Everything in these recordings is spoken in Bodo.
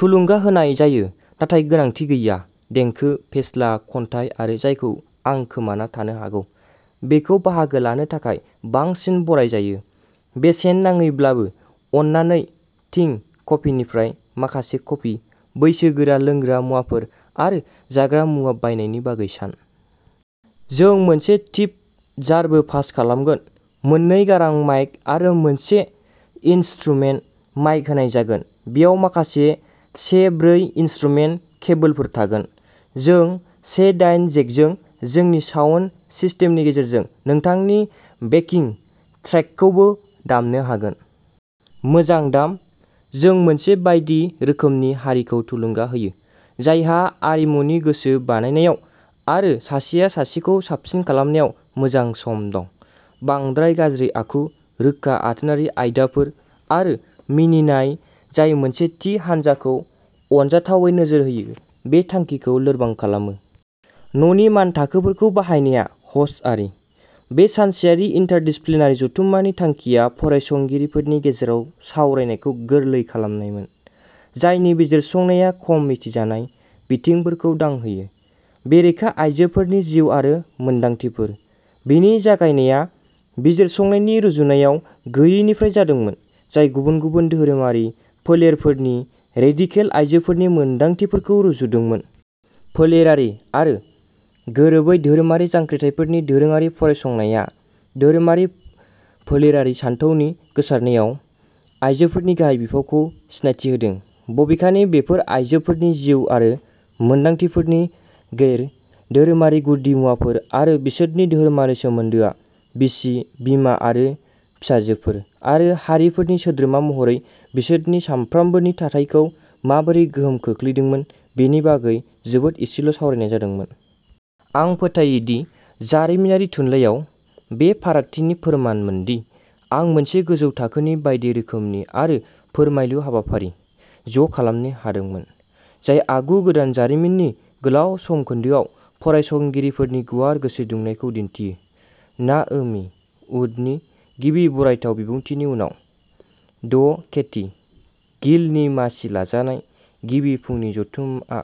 थुलुंगा होनाय जायो नाथाय गोनांथि गैया। देंखो, फेस्ला, खन्थाइ आरो जायखौ आं खोमाना थानो हागौ, बेखौ बाहागो लानो थाखाय बांसिन बराय जायो। बेसेन नाङैब्लाबो, अन्नानै थिन्क कफिनिफ्राय माखासे कफि, बैसोगोरा लोंग्रा मुवाफोर आरो जाग्रा मुवा बायनायनि बागै सान। जों मोनसे टिप जारबो पास खालामगोन। मोननै गारां माइक आरो मोनसे इन्सट्रूमेन्ट माइक होनाय जागोन। बेयाव माखासे से ब्रै इन्स्ट्रुमेन्ट केबोलफोर थागोन। जों से दाइन जेकजों जोंनि साउन्ड सिस्टेमनि गेजेरजों नोंथांनि बेकिंग ट्रेकखौबो दामनो हागोन। मोजां दाम, जों मोनसे बायदि रोखोमनि हारिखौ थुलुंगा होयो जायहा आरिमु नि गोसो बानायनायाव आरो सासेया सासेखौ साबसिन खालामनायाव मोजां सम दं। बांद्राय गाज्रि आखु, रोखा आथोनारि आयदाफोर, आरो मिनिनाय जाय मोनसे थि हानजाखौ अनजाथावै नोजोर होयो, बे थांखिखौ लोरबां खालामो। न'नि मानथाखोफोरखौ बाहायनाया ह'स्टआरि बे सानसेयारि इन्टारडिसिप्लिनारि जथुम्मानि थांखिया फरायसंगिरिफोरनि गेजेराव सावरायनायखौ गोरलै खालामनायमोन, जायनि बिजिरसंनाया खम मिथिजानाय बिथिंफोरखौ दांहोयो। बेरेखा आइजोफोरनि जिउ आरो मोन्दांथिफोर। बेनि जागायनाया बिजिरसंनायनि रुजुनायाव गैयैनिफ्राय जादोंमोन, जाय गुबुन गुबुन धोरोमारि फोलेरफोरनि रेडिकेल आइजोफोरनि मोन्दांथिफोरखौ रुजुदोंमोन। फोलेरारि आरो गोरोबै धोरोमारि जांख्रिथायफोरनि दोरोङारि फरायसंनाया धोरोमारि फोलेरारि सानथौनि गोसारनायाव आइजोफोरनि गाहाय बिफावखौ सिनायथि होदों। बबेखानि, बेफोर आइजोफोरनि जिउ आरो मोन्दांथिफोरनि गैर धोरोमारि गुदिमुवाफोर आरो बिसोरनि धोरोमारि सोमोन्दोआ बिसि, बिमा आरो फिसाजोफोर आरो हारिफोरनि सोद्रोमा महरै बिसोरनि सानफ्रोमबोनि थाथायखौ माबोरै गोहोम खोख्लैदोंमोन बेनि बागै जोबोद एसेल' सावरायनाय जादोंमोन। आं फोथायो दि जारिमिनारि थुनलाइयाव बे फारागथिनि फोरमानमोनदि आं मोनसे गोजौ थाखोनि बायदि रोखोमनि आरो फोरमायलु हाबाफारि ज' खालामनो हादोंमोन, जाय आगु गोदान जारिमिननि गोलाव समखोन्दोआव फरायसंगिरिफोरनि गुवार गोसो दुंनायखौ दिन्थियो। नाओमी वुड नि गिबि बरायथाव बिबुंथिनि उनाव, ड केटी गिल नि मासि लाजानाय गिबि फुंनि जथुमआ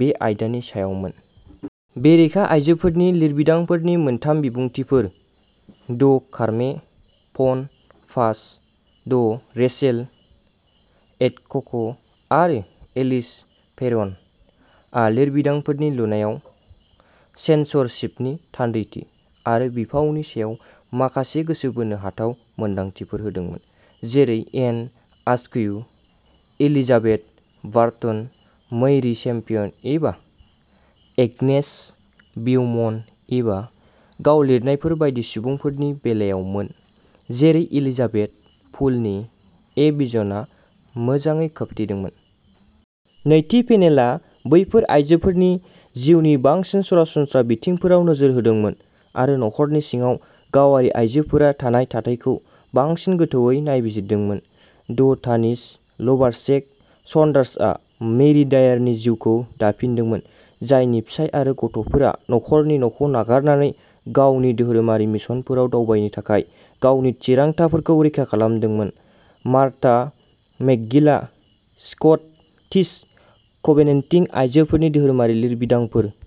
बे आयदानि सायावमोन। बेरेखा आइजोफोरनि लिरबिदांफोरनि मोनथाम बिबुंथिफोर ड' कारमे फन्ट पाज, ड रेचेल एडक'क' आरो एलिस फेर'न आ लिरबिदांफोरनि लुनायाव सेनसरशिपनि थान्दैथि आरो बिफावनि सायाव माखासे गोसो बोनो हाथाव मोनदांथिफोर होदोंमोन, जेरै Anne Askew, Elizabeth Barton, Mary Champion एबा एग्नेस बिउमन्ट एबा गाव लिरनायफोर बायदि सुबुंफोरनि बेलायावमोन, जेरै एलिजाबेथ पुलनि ए भिजनआ मोजाङै खोबथेदोंमोन। नैथि पेनेलआ बैफोर आयजोफोरनि जिउनि बांसिन सरासनस्रा बिथिंफोराव नोजोर होदोंमोन आरो नखरनि सिङाव गावारि आयजोफोरा थानाय थाथायखौ बांसिन गोथौवै नायबिजिरदोंमोन। ड तानिस लभारचेक सन्डार्स आ मेरी डायारनि जिउखौ दाफिनदोंमोन, जायनि फिसाय आरो गथ'फोरा नखरनि न'खौ नागारनानै गावनि धोरोमारि मिशनफोराव दावबायनो थाखाय गावनि थिरांथाफोरखौ रैखा खालामदोंमोन। मार्था मेकगिल आ स्कटिस कभेनेन्टिं आयजोफोरनि धोरोमारि लिरबिदांफोर।